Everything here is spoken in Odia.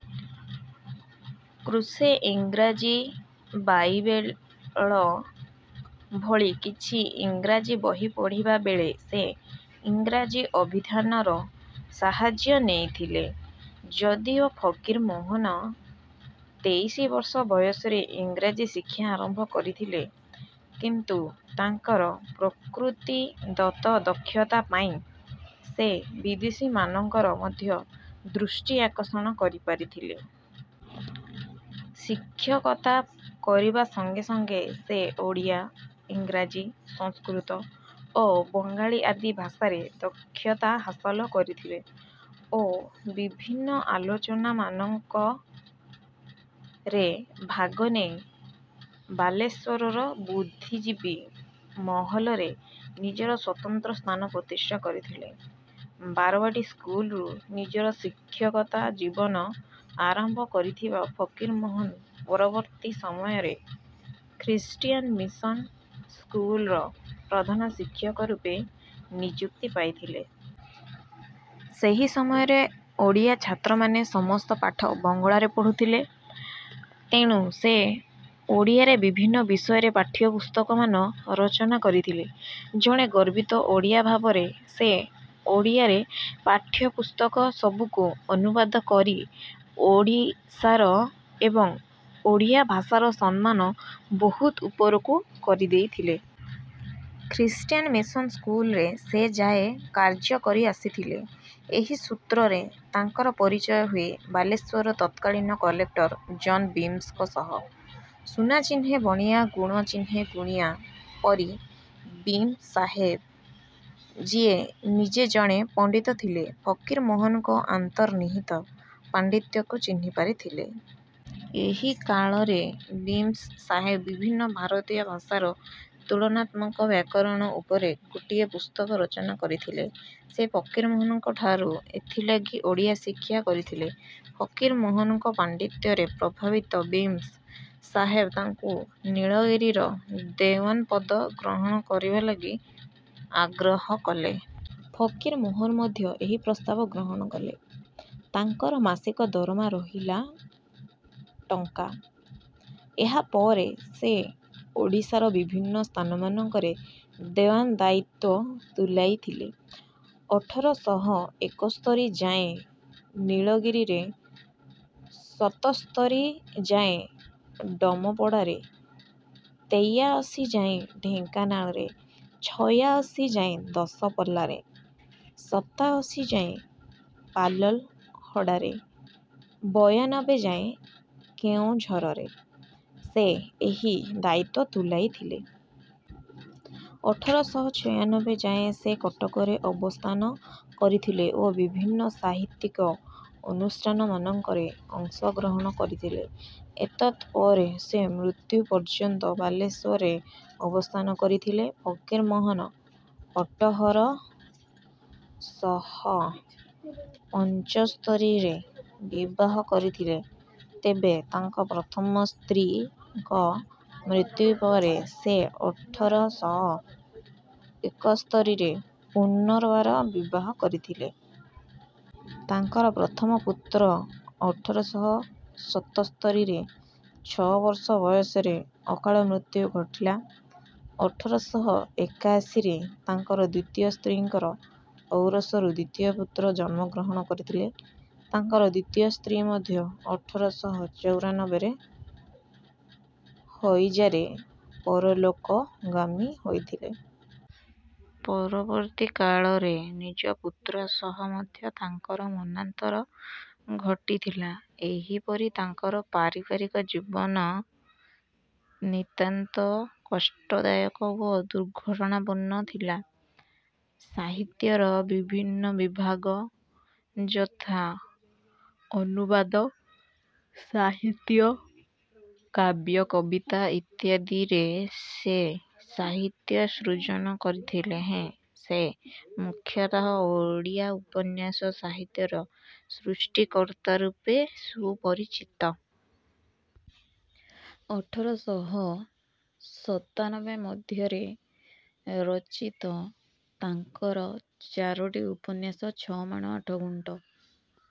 କୃଷେ, ଇଂରାଜୀ ବାଇବେଳ ଭଳି କିଛି ଇଂରାଜୀ ବହି ପଢ଼ିବା ବେଳେ ସେ ଇଂରାଜୀ ଅଭିଧାନର ସାହାଯ୍ୟ ନେଇଥିଲେ। ଯଦିଓ ଫକୀରମୋହନ ତେଇଶି ବର୍ଷ ବୟସରେ ଇଂରାଜୀ ଶିକ୍ଷା ଆରମ୍ଭ କରିଥିଲେ, କିନ୍ତୁ ତାଙ୍କର ପ୍ରକୃତିଦତ୍ତ ଦକ୍ଷତା ପାଇଁ ସେ ବିଦେଶୀମାନଙ୍କର ମଧ୍ୟ ଦୃଷ୍ଟି ଆକର୍ଷଣ କରିପାରିଥିଲେ। ଶିକ୍ଷକତା କରିବା ସଙ୍ଗେ ସଙ୍ଗେ ସେ ଓଡ଼ିଆ, ଇଂରାଜୀ, ସଂସ୍କୃତ ଓ ବଙ୍ଗାଳୀ ଆଦି ଭାଷାରେ ଦକ୍ଷତା ହାସଲ କରିଥିଲେ ଓ ବିଭିନ୍ନ ଆଲୋଚନାମାନଙ୍କରେ ଭାଗ ନେଇ ବାଲେଶ୍ୱରର ବୁଦ୍ଧିଜୀବି ମହଲରେ ନିଜର ସ୍ୱତନ୍ତ୍ର ସ୍ଥାନ ପ୍ରତିଷ୍ଠା କରିଥିଲେ। ବାରବାଟୀ ସ୍କୁଲରୁ ନିଜର ଶିକ୍ଷକତା ଜୀବନ ଆରମ୍ଭ କରିଥିବା ଫକୀରମୋହନ ପରବର୍ତ୍ତୀ ସମୟରେ ଖ୍ରୀଷ୍ଟୀଆନ ମିଶନ ସ୍କୁଲର ପ୍ରଧାନଶିକ୍ଷକ ରୂପେ ନିଯୁକ୍ତି ପାଇଥିଲେ। ସେହି ସମୟରେ ଓଡ଼ିଆ ଛାତ୍ରମାନେ ସମସ୍ତ ପାଠ ବଙ୍ଗଳାରେ ପଢ଼ୁଥିଲେ, ତେଣୁ ସେ ଓଡ଼ିଆରେ ବିଭିନ୍ନ ବିଷୟରେ ପାଠ୍ୟପୁସ୍ତକମାନ ରଚନା କରଥିଲେ। ଜଣେ ଗର୍ବିତ ଓଡ଼ିଆ ଭାବରେ ସେ ଓଡ଼ିଆରେ ପାଠ୍ୟପୁସ୍ତକ ସବୁକୁ ଅନୁବାଦ କରି ଓଡ଼ିଶାର ଏବଂ ଓଡ଼ିଆ ଭାଷାର ସମ୍ମାନ ବହୁତ ଉପରକୁ କରିଦେଇଥିଲେ। ଖ୍ରୀଷ୍ଟୀଆନ ମିଶନ ସ୍କୁଲରେ ସେ ଯାଏ କାର୍ଯ୍ୟ କରିଆସିଥିଲେ। ଏହି ସୂତ୍ରରେ ତାଙ୍କର ପରିଚୟ ହୁଏ ବାଲେଶ୍ୱରର ତତ୍କାଳୀନ କଲେକ୍ଟର ଜନ୍ ବିମ୍ସଙ୍କ ସହ 'ସୁନା ଚିହ୍ନେ ବଣିଆ, ଗୁଣ ଚିହ୍ନେ ଗୁଣିଆ' ପରି ବିମ୍ସ ସାହେବ ଯିଏ ନିଜେ ଜଣେ ପଣ୍ଡିତ ଥିଲେ, ଫକୀରମୋହନଙ୍କ ଅନ୍ତର୍ନିହିତ ପାଣ୍ଡିତ୍ୟକୁ ଚିହ୍ନିପାରିଥିଲେ। ଏହି କାଳରେ ବିମ୍ସ ସାହେବ ବିଭିନ୍ନ ଭାରତୀୟ ଭାଷାର ତୁଳନାତ୍ମକ ବ୍ୟାକରଣ ଉପରେ ଗୋଟିଏ ପୁସ୍ତକ ରଚନା କରୁଥିଲେ। ସେ ଫକୀରମୋହନଙ୍କଠାରୁ ଏଥିଲାଗି ଓଡ଼ିଆ ଶିକ୍ଷା କରିଥିଲେ। ଫକୀରମୋହନଙ୍କ ପାଣ୍ଡିତ୍ୟରେ ପ୍ରଭାବିତ ବିମ୍ସ ସାହେବ ତାଙ୍କୁ ନୀଳଗିରିର ଦେୱାନ ପଦ ଗ୍ରହଣ କରିବା ଲାଗି ଆଗ୍ରହ କଲେ। ଫକୀରମୋହନ ମଧ୍ୟ ଏହି ପ୍ରସ୍ତାବ ଗ୍ରହଣ କଲେ। ତାଙ୍କର ମାସିକ ଦରମା ରହିଲା ଟଙ୍କା। ଏହା ପରେ ସେ ଓଡ଼ିଶାର ବିଭିନ୍ନ ସ୍ଥାନମାନଙ୍କରେ ଦେୱାନ ଦାୟିତ୍ୱ ତୁଲାଇଥିଲେ। ଅଠର ଶହ ଏକସ୍ତରୀ ଯାଏଁ ନୀଳଗିରିରେ, -ସତସ୍ତରୀ ଯାଏଁ ଡମପଡାରେ, -ତେୟାଅଶି ଯାଏଁ ଢେଙ୍କାନାଳରେ, -ଛୟାଅଶି ଯାଏଁ ଦଶପଲ୍ଲାରେ, -ଶତାଅଶି ଯାଏଁ ପାଲଲହଡ଼ାରେ, -ବୟାନବେ ଯାଏଁ କେଉଁଝରରେ ସେ ଏହି ଦାୟିତ୍ୱ ତୁଲାଇଥିଲେ। ଅଠର ଶହ ଛୟାନବେ ଯାଏଁ ସେ କଟକରେ ଅବସ୍ଥାନ କରିଥିଲେ ଓ ବିଭିନ୍ନ ସାହିତ୍ୟିକ ଅନୁଷ୍ଠାନମାନଙ୍କରେ ଅଂଶଗ୍ରହଣ କରିଥିଲେ। ଏତଦ୍ ପରେ ସେ ମୃତ୍ୟୁ ପର୍ଯ୍ୟନ୍ତ ବାଲେଶ୍ୱରରେ ଅବସ୍ଥାନ କରିଥିଲେ। ଫକୀରମୋହନ ଅଟହର ଶହ ପଞ୍ଚସ୍ତରୀରେ ବିବାହ କରିଥିଲେ। ତେବେ ତାଙ୍କ ପ୍ରଥମ ସ୍ତ୍ରୀଙ୍କ ମୃତ୍ୟୁ ପରେ ସେ ଅଠର ଶହ ଏକସ୍ତରୀରେ ପୁନର୍ବାର ବିବାହ କରିଥିଲେ। ତାଙ୍କର ପ୍ରଥମ ପୁତ୍ରର ଅଠର ଶହ ସତସ୍ତରୀରେ ଛ' ବର୍ଷ ବୟସରେ ଅକାଳ ମୃତ୍ୟୁ ଘଟିଲା। ଅଠର ଶହ ଏକାଅଶିରେ ତାଙ୍କର ଦ୍ୱିତୀୟ ସ୍ତ୍ରୀଙ୍କ ଔରସରୁ ଦ୍ୱିତୀୟ ପୁତ୍ର ଜନ୍ମଗ୍ରହଣ କରିଥିଲା। ତାଙ୍କର ଦ୍ୱିତୀୟ ସ୍ତ୍ରୀ ମଧ୍ୟ ଅଠର ଶହ ଚଉରାନବେରେ ହଇଜାରେ ପରଲୋକଗାମୀ ହୋଇଥିଲେ। ପରବର୍ତ୍ତୀ କାଳରେ ନିଜ ପୁତ୍ର ସହ ମଧ୍ୟ ତାଙ୍କର ମନାନ୍ତର ଘଟିଥିଲା। ଏହିପରି ତାଙ୍କର ପାରିବାରିକ ଜୀବନ ନିତାନ୍ତ କଷ୍ଟଦାୟକ ଓ ଦୁର୍ଘଟଣାପୂର୍ଣ୍ଣ ଥିଲା। ସାହିତ୍ୟର ବିଭିନ୍ନ ବିଭାଗ ଯଥା ଅନୁବାଦ ସାହିତ୍ୟ, କାବ୍ୟ-କବିତା ଇତ୍ୟାଦିରେ ସେ ସାହିତ୍ୟ ସୃଜନ କରିଥିଲେ ହେଁ ସେ ମୁଖ୍ୟତଃ ଓଡ଼ିଆ ଉପନ୍ୟାସ ସାହିତ୍ୟର ସୃଷ୍ଟିକର୍ତ୍ତା ରୂପେ ସୁପରିଚିତ। ଅଠର ଶହ ସତାନବେର ମଧ୍ୟରେ ରଚିତ ତାଙ୍କର ଚାରୋଟି ଉପନ୍ୟାସ 'ଛ' ମାଣ ଆଠ ଗୁଣ୍ଠ',